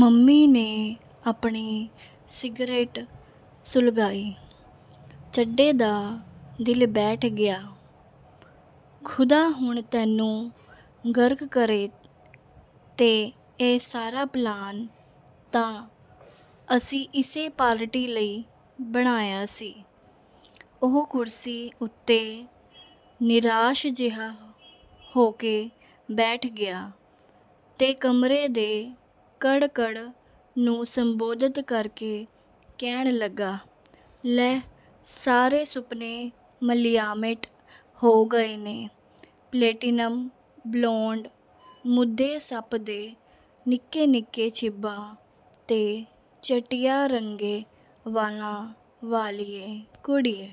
"Mummy ਨੇ ਆਪਣੀ cigarette ਸੁਲਗਾਈ। ਚੱਡੇ ਦਾ ਦਿਲ ਬੈਠ ਗਿਆ। "ਖ਼ੁਦਾ ਹੁਣ ਤੈਨੂੰ ਗਰਕ ਕਰੇ ਤੇ ਇਹ ਸਾਰਾ ਪਲਾਨ ਤਾਂ ਅਸੀਂ ਇਸੇ ਪਾਰਟੀ ਲਈ ਬਣਾਇਆ ਸੀ। "ਉਹ ਕੁਰਸੀ ਉੱਤੇ ਨਿਰਾਸ਼ ਜਿਹਾ ਹੋ ਕੇ ਬੈਠ ਗਿਆ ਤੇ ਕਮਰੇ ਦੇ ਕਣ-ਕਣ ਨੂੰ ਸੰਬੋਧਤ ਕਰਕੇ ਕਹਿਣ ਲੱਗਾ, "ਲੈ, ਸਾਰੇ ਸੁਪਨੇ ਮਲੀਆਮੇਟ ਹੋ ਗਏ ਨੇ, ਪਲੇਟੀਨਮ ਬਲੌਂਡ, ਮੂਧੇ ਸੱਪ ਦੇ ਨਿੱਕੇ-ਨਿੱਕੇ ਛਿੰਭਾਂ ਤੇ ਚਟਿਆ ਰੰਗੇ ਵਾਲਾਂ ਵਾਲੀਏ ਕੁੜੀਏ।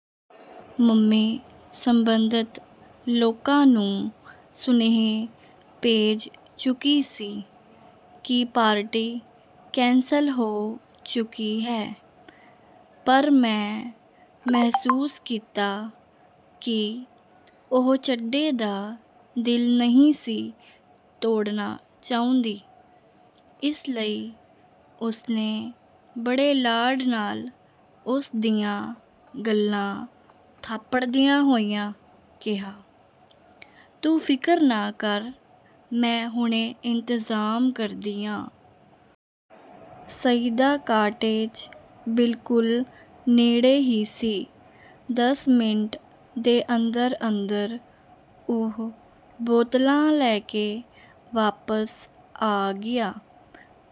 " ਮੰਮੀ ਸਬੰਧਤ ਲੋਕਾਂ ਨੂੰ ਸੁਨੇਹੇ ਭੇਜ ਚੁੱਕੀ ਸੀ ਕਿ ਪਾਰਟੀ ਕੈਂਸਲ ਹੋ ਚੁੱਕੀ ਹੈ। ਪਰ ਮੈਂ ਮਹਿਸੂਸ ਕੀਤਾ ਕਿ ਉਹ ਚੱਡੇ ਦਾ ਦਿਲ ਨਹੀਂ ਸੀ ਤੋੜਨਾ ਚਾਹੁੰਦੀ। ਇਸ ਲਈ ਉਸਨੇ ਬੜੇ ਲਾਡ ਨਾਲ ਉਸ ਦੀਆਂ ਗੱਲ੍ਹਾਂ ਥਾਪੜਦਿਆਂ ਹੋਇਆਂ ਕਿਹਾ, "ਤੂੰ ਫਿਕਰ ਨਾ ਕਰ ਮੈਂ ਹੁਣੇ ਇੰਤਜ਼ਾਮ ਕਰਦੀ ਆਂ। ਸਈਦਾ ਕਾਟੇਜ ਬਿਲਕੁਲ ਨੇੜੇ ਹੀ ਸੀ। ਦਸ ਮਿੰਟ ਦੇ ਅੰਦਰ-ਅੰਦਰ ਉਹ ਬੋਤਲਾਂ ਲੈ ਕੇ ਵਾਪਸ ਆ ਗਿਆ।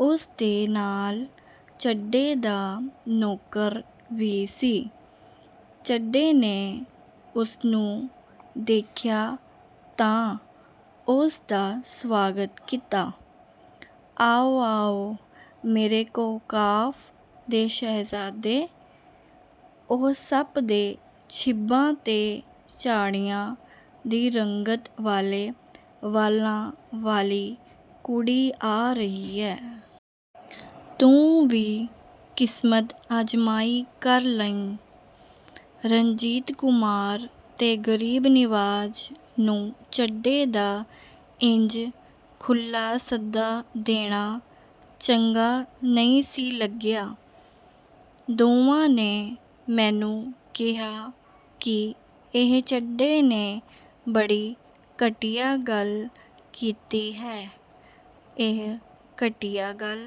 ਉਸਦੇ ਨਾਲ ਚੱਡੇ ਦਾ ਨੌਕਰ ਵੀ ਸੀ। ਚੱਡੇ ਨੇ ਉਸਨੂੰ ਦੇਖਿਆ ਤਾਂ ਉਸਦਾ ਸਵਾਗਤ ਕੀਤਾ, "ਆਓ, ਆਓ ਮੇਰੇ ਕੋਹਕਾਫ ਦੇ ਸ਼ਹਿਜ਼ਾਦੇ" ਉਹ ਸੱਪ ਦੇ ਛਿੰਬਾਂ ਤੇ ਚਾਣਿਆਂ ਦੀ ਰੰਗਤ ਵਾਲੇ ਵਾਲਾਂ ਵਾਲੀ ਕੁੜੀ ਆ ਰਹੀ ਹੈ। ਤੂੰ ਵੀ ਕਿਸਮਤ ਆਜਮਾਈ ਕਰ ਲਵੀਂ। "ਰਣਜੀਤ ਕੁਮਾਰ ਤੇ ਗਰੀਬ ਨਿਵਾਜ ਨੂੰ ਚੱਡੇ ਦਾ ਇੰਜ ਖੁੱਲ੍ਹਾ ਸੱਦਾ ਦੇਣਾ ਚੰਗਾ ਨਹੀਂ ਸੀ ਲੱਗਿਆ। ਦੋਵਾਂ ਨੇ ਮੈਨੂੰ ਕਿਹਾ ਕਿ ਇਹ ਚੱਡੇ ਨੇ ਬੜੀ ਘਟੀਆ ਗੱਲ ਕੀਤੀ ਹੈ। ਇਹ ਘਟੀਆ ਗੱਲ